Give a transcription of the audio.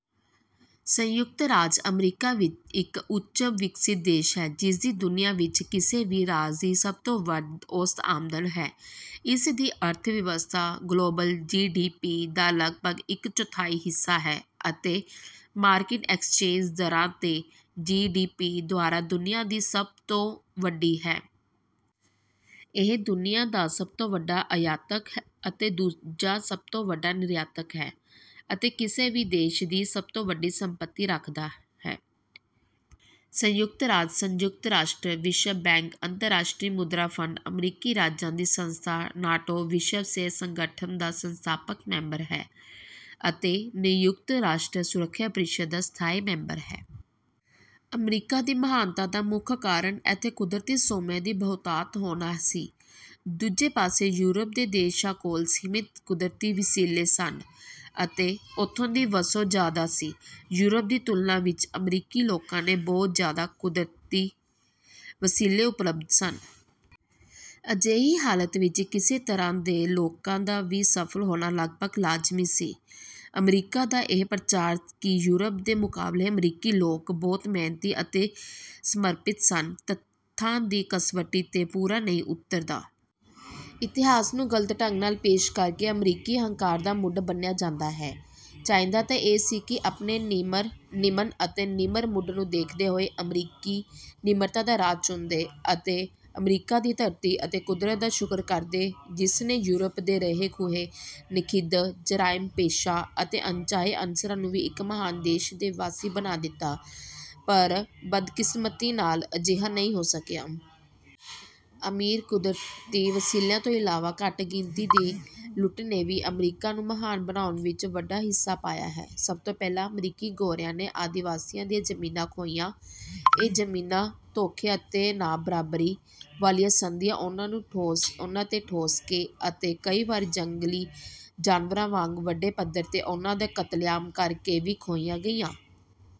ਸੰਯੁਕਤ ਰਾਜ ਅਮਰੀਕਾ ਇੱਕ ਉੱਚ ਵਿਕਸਤ ਦੇਸ਼ ਹੈ ਜਿਸਦੀ ਦੁਨੀਆ ਵਿੱਚ ਕਿਸੇ ਵੀ ਰਾਜ ਦੀ ਸਭ ਤੋਂ ਵੱਧ ਔਸਤ ਆਮਦਨ ਹੈ। ਇਸਦੀ ਅਰਥਵਿਵਸਥਾ ਗਲੋਬਲ ਜੀਡੀਪੀ ਦਾ ਲਗਭਗ ਇੱਕ ਚੌਥਾਈ ਹਿੱਸਾ ਹੈ ਅਤੇ ਮਾਰਕੀਟ ਐਕਸਚੇਂਜ ਦਰਾਂ 'ਤੇ ਜੀਡੀਪੀ ਦੁਆਰਾ ਦੁਨੀਆ ਦੀ ਸਭ ਤੋਂ ਵੱਡੀ ਹੈ। ਇਹ ਦੁਨੀਆ ਦਾ ਸਭ ਤੋਂ ਵੱਡਾ ਆਯਾਤਕ ਅਤੇ ਦੂਜਾ ਸਭ ਤੋਂ ਵੱਡਾ ਨਿਰਯਾਤਕ ਹੈ, ਅਤੇ ਕਿਸੇ ਵੀ ਦੇਸ਼ ਦੀ ਸਭ ਤੋਂ ਵੱਡੀ ਸੰਪੱਤੀ ਰੱਖਦਾ ਹੈ। ਸੰਯੁਕਤ ਰਾਜ ਸੰਯੁਕਤ ਰਾਸ਼ਟਰ, ਵਿਸ਼ਵ ਬੈਂਕ, ਅੰਤਰਰਾਸ਼ਟਰੀ ਮੁਦਰਾ ਫੰਡ, ਅਮਰੀਕੀ ਰਾਜਾਂ ਦੀ ਸੰਸਥਾ, ਨਾਟੋ, ਵਿਸ਼ਵ ਸਿਹਤ ਸੰਗਠਨ ਦਾ ਸੰਸਥਾਪਕ ਮੈਂਬਰ ਹੈ, ਅਤੇ ਸੰਯੁਕਤ ਰਾਸ਼ਟਰ ਸੁਰੱਖਿਆ ਪ੍ਰੀਸ਼ਦ ਦਾ ਸਥਾਈ ਮੈਂਬਰ ਹੈ। ਅਮਰੀਕਾ ਦੀ ਮਹਾਨਤਾ ਦਾ ਮੁੱਖ ਕਾਰਨ ਇੱਥੇ ਕੁਦਰਤੀ ਸੋਮਿਆਂ ਦੀ ਬਹੁਤਾਤ ਹੋਣਾ ਸੀ। ਦੂਜੇ ਪਾਸੇ ਯੂਰਪ ਦੇ ਦੇਸ਼ਾਂ ਕੋਲ ਸੀਮਿਤ ਕੁਦਰਤੀ ਵਸੀਲੇ ਸਨ ਅਤੇ ਉਥੋਂ ਦੀ ਵਸੋਂ ਜ਼ਿਆਦਾ ਸੀ। ਯੂਰਪ ਦੀ ਤੁਲਨਾ ਵਿੱਚ ਅਮਰੀਕੀ ਲੋਕਾਂ ਨੂੰ ਬਹੁਤ ਜ਼ਿਆਦਾ ਕਦਰਤੀ ਵਸੀਲੇ ਉਪਲਬਧ ਸਨ। ਅਜਿਹੀ ਹਾਲਤ ਵਿੱਚ ਕਿਸੇ ਤਰ੍ਹਾਂ ਦੇ ਲੋਕਾਂ ਦਾ ਵੀ ਸਫ਼ਲ ਹੋਣਾ ਲਗਪਗ ਲਾਜ਼ਮੀ ਸੀ। ਅਮਰੀਕਾ ਦਾ ਇਹ ਪ੍ਰਚਾਰ ਕਿ ਯੂਰਪ ਦੇ ਮੁਕਾਬਲੇ ਅਮਰੀਕੀ ਲੋਕ ਬਹੁਤ ਮਿਹਨਤੀ ਅਤੇ ਸਮਰਪਿਤ ਸਨ ਤੱਥਾਂ ਦੀ ਕਸਵਟੀ 'ਤੇ ਪੂਰਾ ਨਹੀਂ ਉਤਰਦਾ। ਇਤਿਹਾਸ ਨੂੰ ਗਲਤ ਢੰਗ ਨਾਲ ਪੇਸ਼ ਕਰਕੇ ਅਮਰੀਕੀ ਹੰਕਾਰ ਦਾ ਮੁੱਢ ਬੰਨਿ੍ਹਆ ਜਾਂਦਾ ਹੈ। ਚਾਹੀਦਾ ਤਾਂ ਇਹ ਸੀ ਕਿ ਆਪਣੇ ਨਿਮਨ ਅਤੇ ਨਿਮਰ ਮੁੱਢ ਨੂੰ ਦੇਖਦੇ ਹੋਏ ਅਮੀਰਕੀ ਨਿਮਰਤਾ ਦਾ ਰਾਹ ਚੁਣਦੇ ਅਤੇ ਅਮਰੀਕਾ ਦੀ ਧਰਤੀ ਅਤੇ ਕੁਦਰਤ ਦਾ ਸ਼ੁਕਰ ਕਰਦੇ ਜਿਸ ਨੇ ਯੂਰਪ ਦੇ ਰਹੇ-ਖੁਹੇ, ਨਖਿੱਧ, ਜਰਾਇਮ ਪੇਸ਼ਾ ਅਤੇ ਅਣਚਾਹੇ ਅਨਸਰਾਂ ਨੂੰ ਵੀ ਇੱਕ ਮਹਾਨ ਦੇਸ਼ ਦੇ ਵਾਸੀ ਬਣਾ ਦਿੱਤਾ ਪਰ ਬਦਕਿਸਮਤੀ ਨਾਲ ਅਜਿਹਾ ਨਹੀਂ ਹੋ ਸਕਿਆ। ਅਮੀਰ ਕੁਦਰਤੀ ਵਸੀਲਿਆਂ ਤੋਂ ਇਲਾਵਾ ਘੱਟ ਗਿਣਤੀਆਂ ਦੀ ਲੁੱਟ ਨੇ ਵੀ ਅਮਰੀਕਾ ਨੂੰ ਮਹਾਨ ਬਣਾਉਣ ਵਿੱਚ ਵੱਡਾ ਹਿੱਸਾ ਪਇਆ ਹੈ। ਸਭ ਤੋਂ ਪਹਿਲਾਂ ਅਮਰੀਕੀ ਗੋਰਿਆਂ ਨੇ ਆਦਿਵਾਸੀਆਂ ਦੀਆਂ ਜ਼ਮੀਨਾਂ ਖੋਹੀਆਂ, ਇਹ ਜ਼ਮੀਨਾਂ ਧੋਖੇ ਤੇ ਨਾਬਰਾਬਰੀ ਵਾਲੀਆਂ ਸੰਧੀਆਂ ਉਨ੍ਹਾਂ 'ਤੇ ਠੋਸ ਕੇ ਅਤੇ ਕਈ ਵਾਰੀ ਜੰਗਲੀ ਜਾਨਵਰਾਂ ਵਾਂਗ ਵੱਡੇ ਪੱਧਰ 'ਤੇ ਉਨ੍ਹਾਂ ਦਾ ਕਤਲੇਆਮ ਕਰ ਕੇ ਵੀ ਖੋਹੀਆਂ ਗਈਆਂ।